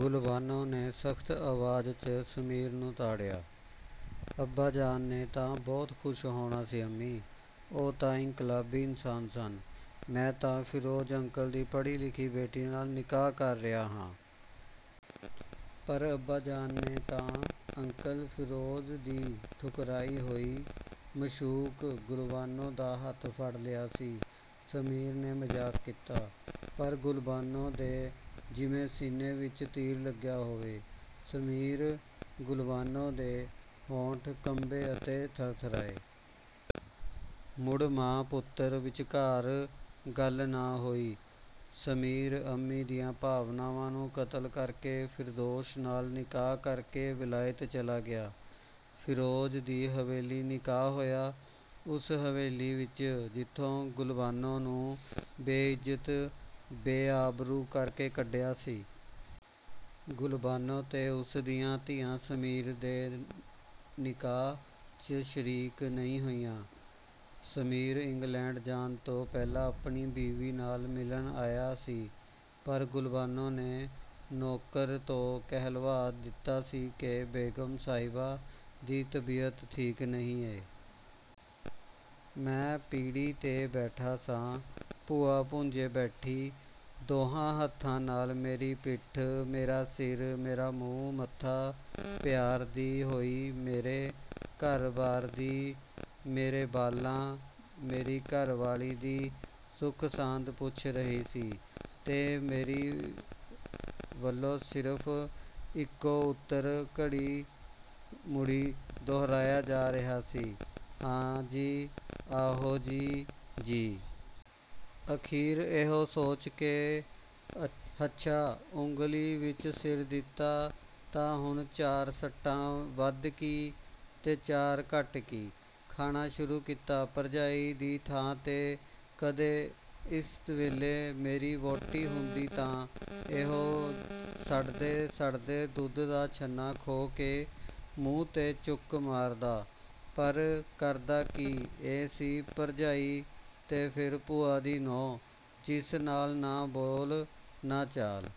ਗੁਲਬਾਨੋ ਨੇ ਸਖਤ ਆਵਾਜ਼, ਚ' ਸਮੀਰ ਨੂੰ ਤਾੜਿਆ। "ਅੱਬਾਜਾਨ ਨੇ ਤਾਂ ਬਹੁਤ ਖੁਸ਼ ਹੋਣਾ ਸੀ ਅੰਮੀ"… ਉਹ ਤਾਂ ਇੰਨਕਲਾਬੀ ਇਨਸਾਨ ਸਨ। ਮੈਂ ਤਾਂ ਫਿਰੋਜ ਅੰਕਲ ਦੀ ਪੜ੍ਹੀ ਲਿਖੀ ਬੇਟੀ ਨਾਲ ਨਿਕਾਹ ਕਰ ਰਿਹਾਂ ਹਾਂ। ਪਰ ਅੱਬਾਜਾਨ ਨੇ ਤਾਂ ਅੰਕਲ ਫਿਰੋਜ਼ ਦੀ ਠੁਕਰਾਈ ਹੋਈ ਮਾਸ਼ੂਕ ਗੁਲਬਾਨੋ ਦਾ ਹੱਥ ਫੜ ਲਿਆਂ ਸੀ। ਸਮੀਰ ਨੇ ਮਜ਼ਾਕ ਕੀਤਾ। ਪਰ ਗੁਲਬਾਨੋ ਦੇ ਜਿਵੇਂ ਸੀਨੇ ਵਿੱਚ ਤੀਰ ਲੱਗਿਆ ਹੋਵੇ। "ਸਮੀਰ"… ਗੁਲਬਾਨੋ ਦੇ ਹੋਂਠ ਕੰਬੇ ਅਤੇ ਥਰਥਰਾਏ। ਮੁੜ, ਮਾਂ-ਪੁੱਤਰ ਵਿੱਚਕਾਰ ਗੱਲ ਨਾ ਹੋਈ। ਸਮੀਰ, ਅੰਮੀ ਦੀਆਂ ਭਾਵਨਾਵਾਂ ਨੂੰ ਕਤਲ ਕਰਕੇ ਫਿਰਦੌਸ਼ ਨਾਲ ਨਿਕਾਹ ਕਰਕੇ ਵਲਾਇਤ ਚਲਾ ਗਿਆ। ਫਿਰੋਜ਼ ਦੀ ਹਵੇਲੀ ਨਿਕਾਹ ਹੋਇਆ। ਉਸ ਹਵੇਲੀ ਵਿੱਚ ਜਿਥੋਂ ਗਲਬਾਨੋ ਨੂੰ ਬੇਇੱਜ਼ਤ, ਬੇਆਬਰੂ ਕਰਕੇ ਕੱਢਿਆ ਸੀ। ਗੁਲਬਾਨੋ ਤੇ ਉਸ ਦੀਆਂ ਧੀਆਂ ਸਮੀਰ ਦੇ ਨਿਕਾਹ, ਚ'ਸ਼ਰੀਕ ਨਹੀ ਹੋਈਆ। ਸਮੀਰ ਇੰਗਲੈਂਡ ਜਾਣ ਤੋਂ ਪਹਿਲਾਂ ਆਪਣੀ ਬੀਵੀ ਨਾਲ ਮਿਲਣ ਆਇਆ ਸੀ। ਪਰ ਗੁਲਬਾਨੋ ਨੇ ਨੌਕਰ ਤੋਂ ਕਹਿਲਵਾ ਦਿਤਾ ਸੀ ਕਿ ਬੇਗ਼ਮ ਸਾਹਿਬਾਂ ਦੀ ਤਬੀਅਤ ਠੀਕ ਨਹੀ ਏਂ। ਮੈਂ ਪੀਹੜੀ 'ਤੇ ਬੈਠਾ ਸਾਂ, ਭੂਆ ਭੁੰਜੇ ਬੈਠੀ ਦੁਹਾਂ ਹੱਥਾਂ ਨਾਲ ਮੇਰੀ ਪਿੱਠ, ਮੇਰਾ ਸਿਰ, ਮੇਰਾ ਮੂੰਹ ਮੱਥਾ ਪਿਆਰਦੀ ਹੋਈ ਮੇਰੇ ਘਰ ਬਾਰ ਦੀ, ਮੇਰੇ ਬਾਲਾਂ, ਮੇਰੀ ਘਰ ਵਾਲੀ ਦੀ ਸੁਖ ਸਾਂਦ ਪੁੱਛ ਰਹੀ ਸੀ ਤੇ ਮੇਰੀ ਵੱਲੋਂ ਸਿਰਫ ਇਕੋ ਉਤਰ ਘੜੀ ਮੁੜੀ ਦੁਹਰਾਇਆ ਜਾ ਰਿਹਾ ਸੀ, "ਹਾਂ ਜੀ, ਆਹੋ ਜੀ, ਜੀ। " ਅਖੀਰ ਇਹੋ ਸੋਚ ਕੇ ਕਿ ਹੱਛਾ, ਉਖਲੀ ਵਿਚ ਸਿਰ ਦਿੱਤਾ ਤਾਂ ਹੁਣ ਚਾਰ ਸੱਟਾਂ ਵੱਧ ਕੀ, ਤੇ ਚਾਰ ਘੱਟ ਕੀ, ਖਾਣਾ ਸ਼ੁਰੂ ਕੀਤਾ। ਭਰਜਾਈ ਦੀ ਥਾਂ ਜੇ ਕਦੇ ਇਸ ਵੇਲੇ ਮੇਰੀ ਵਹੁਟੀ ਹੁੰਦੀ ਤਾਂ ਇਹੋ ਸੜਦੇ ਸੜਦੇ ਦੁੱਧ ਦਾ ਛੰਨਾ ਖੋਹ ਕੇ ਮੂੰਹ ਤੇ ਚੁੱਕ ਮਾਰਦਾ, ਪਰ ਕਰਦਾ ਕੀ, ਇਹ ਸੀ ਭਰਜਾਈ ਤੇ ਫਿਰ ਭੂਆ ਦੀ ਨੂੰਹ ਜਿਸ ਨਾਲ ਨਾ ਬੋਲ ਨਾ ਚਾਲ।